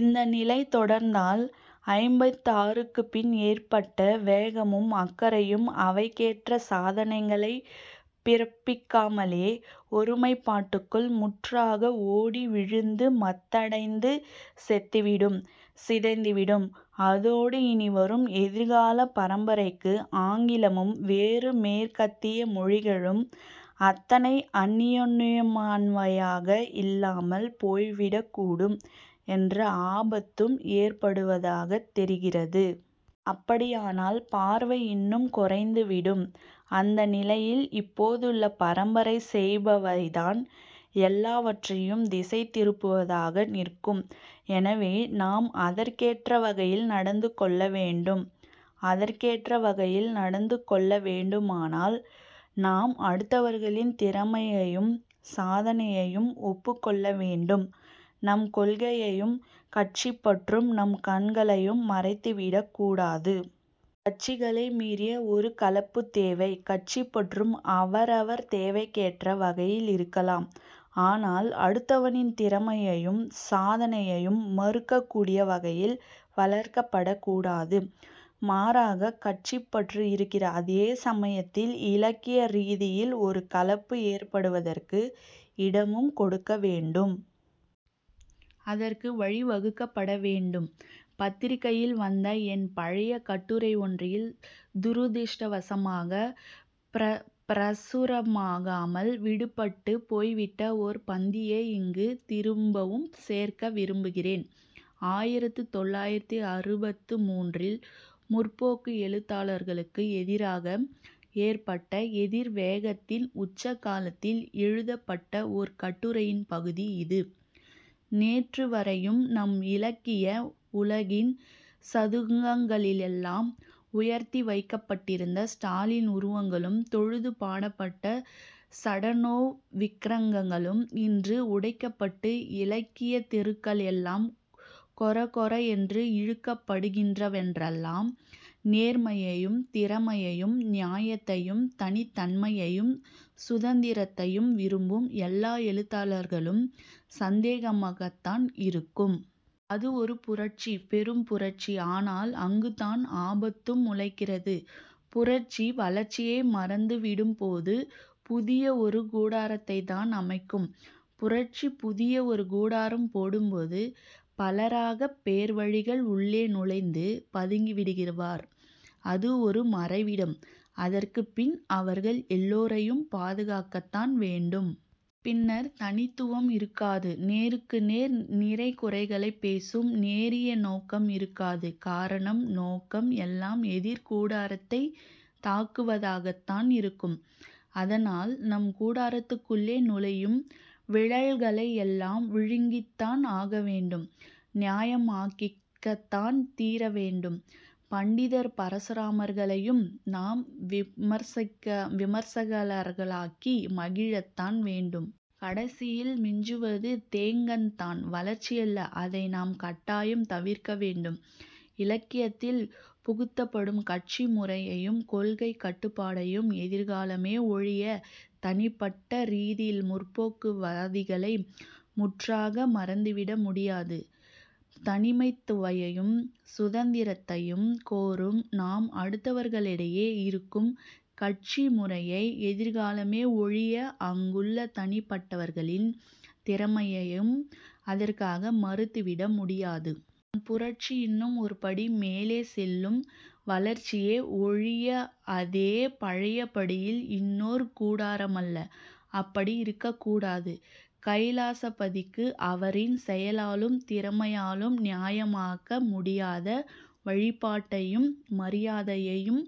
இந்த நிலை தொடர்ந்தால் ஐம்பத்தாறுக்குப் பின் ஏற்பட்ட வேகமும் அக்கறையும் அவைக்கேற்ற சாதனைகளைப் பிறப்பிக்காமலே ஒருமைப்பாட்டுக்குள் முற்றாக ஓடி விழுந்து மந்தடைந்து செத்துவிடும், சிதைந்துவிடும். அதோடு இனி வரும் எதிர்காலப் பரம்பரைக்கு ஆங்கிலமும் வேறு மேற்கத்திய மொழிகளும் அத்தனை அன்னியோன்னியமானவையாக இல்லாமல் போய்விடக்கூடும் என்ற ஆபத்தும் ஏற்படுவதாகத் தெரிகிறது. அப்படியானால் பார்வை இன்னும் குறைந்துவிடும். அந்த நிலையில் இப்போதுள்ள பரம்பரை செய்பவைதான் எல்லாவற்றையும் திசைதிருப்புவதாக நிற்கும். எனவே, நாம் அதற்கேற்ற வகையில் நடந்துகொள்ள வேண்டும். அதற்கேற்ற வகையில் நடந்துகொள்ள வேண்டுமானால் நாம் அடுத்தவர்களின் திறமையையும் சாதனையையும் ஒப்புக்கொள்ள வேண்டும். நம் கொள்கையும் கட்சிப் பற்றும் நம் கண்களை மறைத்துவிடக் கூடாது. கட்சிகளை மீறிய ஒரு கலப்புத் தேவை. கட்சிப் பற்றும் அவரவர் தேவைக்கேற்ற வகையில் இருக்கலாம். ஆனால் அடுத்தவனின் திறமையையும் சாதனையையும் மறுக்கக்கூடிய வகையில் வளர்க்கப்படக் கூடாது. மாறாக, கட்சிப் பற்று இருக்கிற அதே சமயத்தில் இலக்கிய ரீதியில் ஒரு கலப்பு ஏற்படுவதற்கு இடமும் கொடுக்க வேண்டும். அதற்கு வழிவகுக்கப்பட வேண்டும். பத்திரிகையில் வந்த என் பழைய கட்டுரை ஒன்றில் துரதிஷ்டவசமாகப் பிரசுரமாகாமல் விடுபட்டுப் போய்விட்ட ஓர் பந்தியை இங்கு திரும்பவும் சேர்க்க விரும்புகிறேன். ஆயிரத்து தொள்ளாயிரத்து அறுபத்து மூன்றில் 'முற்போக்கு' எழுத்தாளர்களுக்கு எதிராக ஏற்பட்ட எதிர் வேகத்தின் உச்ச காலத்தில் எழுதப்பட்ட ஒரு கட்டுரையின் பகுதி இது நேற்று வரையும் நம் இலக்கிய உலகின் சதுக்கங்களிலெல்லாம் உயர்த்திவைக்கப்பட்டிருந்த ஸ்டாலின் உருவங்களும் தொழுது பாடப்பட்ட சடானோவ் விக்கிரகங்களும் இன்று உடைக்கப்பட்டு இலக்கியத் தெருக்களிலெல்லாம் கொர கொர என்று இழுக்கப்படுகின்றனவென்றால் நேர்மையையும் திறமையையும் நியாயத்தையும் தனித்தன்மையையும் சுதந்திரத்தையும் விரும்பும் எல்லா எழுத்தாளர்களுக்கும் சந்தேகமாகத்தான் இருக்கும். அது ஒரு புரட்சி, பெரும் புரட்சி. ஆனால் அங்குதான் ஆபத்தும் முளைக்கிறது...புரட்சி, வளர்ச்சியை மறந்துவிடும்போது புதிய ஒரு கூடாரத்தைத்தான் அமைக்கும். புரட்சி புதிய ஒரு கூடாரம் போடும்போது பலரகப் பேர்வழிகள் உள்ளே நுழைந்து பதுங்கிவிடுவர். அது ஒரு மறைவிடம். அதற்குப் பின் அவர்கள் எல்லோரையும் பாதுகாக்கத்தான் வேண்டும். பின்னர் தனித்துவம் இருக்காது. நேருக்கு நேர் நிறைகுறைகளைப் பேசும் நேரிய நோக்கம் இருக்காது. காரணம், நோக்கம் எல்லாம் எதிர் கூடாரத்தைத் தாக்குவதாகத்தான் இருக்கும். அதனால் நம் கூடாரத்துக்குள்ளே நுழையும் விழல்களை எல்லாம் விழுங்கித்தான் ஆகவேண்டும். நியாயமாக்கித்தான் தீரவேண்டும். பண்டிதர் பரசுராமர்களையும் நாம் விமர்சகர்களாக்கி மகிழத்தான் வேண்டும். கடைசியில் மிஞ்சுவது தேக்கந்தான், வளர்ச்சியல்ல. அதை நாம் கட்டாயம் தவிர்க்க வேண்டும். இலக்கியத்தில் புகுத்தப்படும் கட்சி முறையையும் கொள்கைக் கட்டுப்பாட்டையும் எதிர்க்கலாமே ஒழிய தனிப்பட்ட ரீதியில் 'முற்போக்கு'வாதிகளை முற்றாக மறுத்துவிட முடியாது. தனித்தன்மையையும் சுதந்திரத்தையும் கோரும் நாம் அடுத்தவர்களுக்கிடையே இருக்கும் கட்சி முறையை எதிர்க்கலாமே ஒழிய அங்குள்ள தனிப்பட்டவர்களின் திறமையையும் அதற்காக மறுத்துவிட முடியாது. நம் புரட்சி இன்னும் ஒரு படி மேலே செல்லும் வளர்ச்சியே ஒழிய அதே பழைய படியில் இன்னோர் கூடாரமல்ல. அப்படி இருக்கக் கூடாது. கைலாசபதிக்கு அவரின் செயலாலும் திறமையாலும் நியாயமாக்க முடியாத வழிபாட்டையும், மரியாதையையும்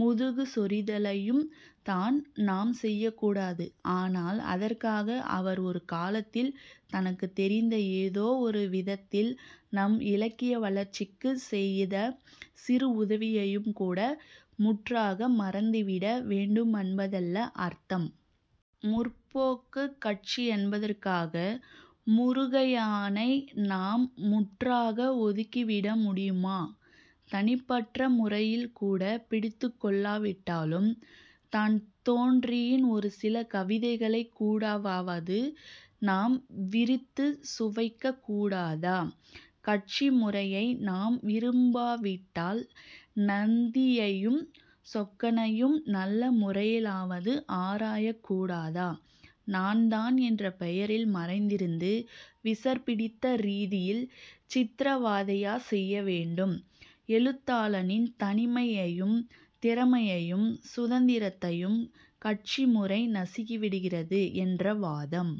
முதுகு சொறிதலையும்தான் நாம் செய்யக்கூடாது. ஆனால் அதற்காக அவர் ஒரு காலத்தில் தனக்குத் தெரிந்த ஏதோ ஒரு விதத்தில் நம் இலக்கிய வளர்ச்சிக்குச் செய்த சிறு உதவியையும் கூட முற்றாக மறந்துவிட வேண்டுமென்பதல்ல அர்த்தம். 'முற்போக்குக்' கட்சி என்பதற்காக முருகையனை நாம் முற்றாக ஒதுக்கிவிட முடியுமா? தனிப்பட்ட முறையில்கூடப் பிடித்துக்கொள்ளாவிட்டாலும் தான்தோன்றியின் ஒரு சில கவிதைகளைக் கூடவாவது நாம் விரித்துச் சுவைக்கக் கூடாதா? கட்சி முறையை நாம் விரும்பாவிட்டால் நந்தியையும் சொக்கனையும் நல்ல முறையிலாவது ஆராயக் கூடாதா? 'நான்தான்' என்ற பெயரில் மறைந்திருந்து விசர் பிடித்த ரீதியில் சித்திரவதையா செய்ய வேண்டும்? எழுத்தாளனின் தனித்தன்மையையும் திறமையையும் சுதந்திரத்தையும் கட்சிமுறை நசுக்கிவிடுகிறது என்ற வாதம்,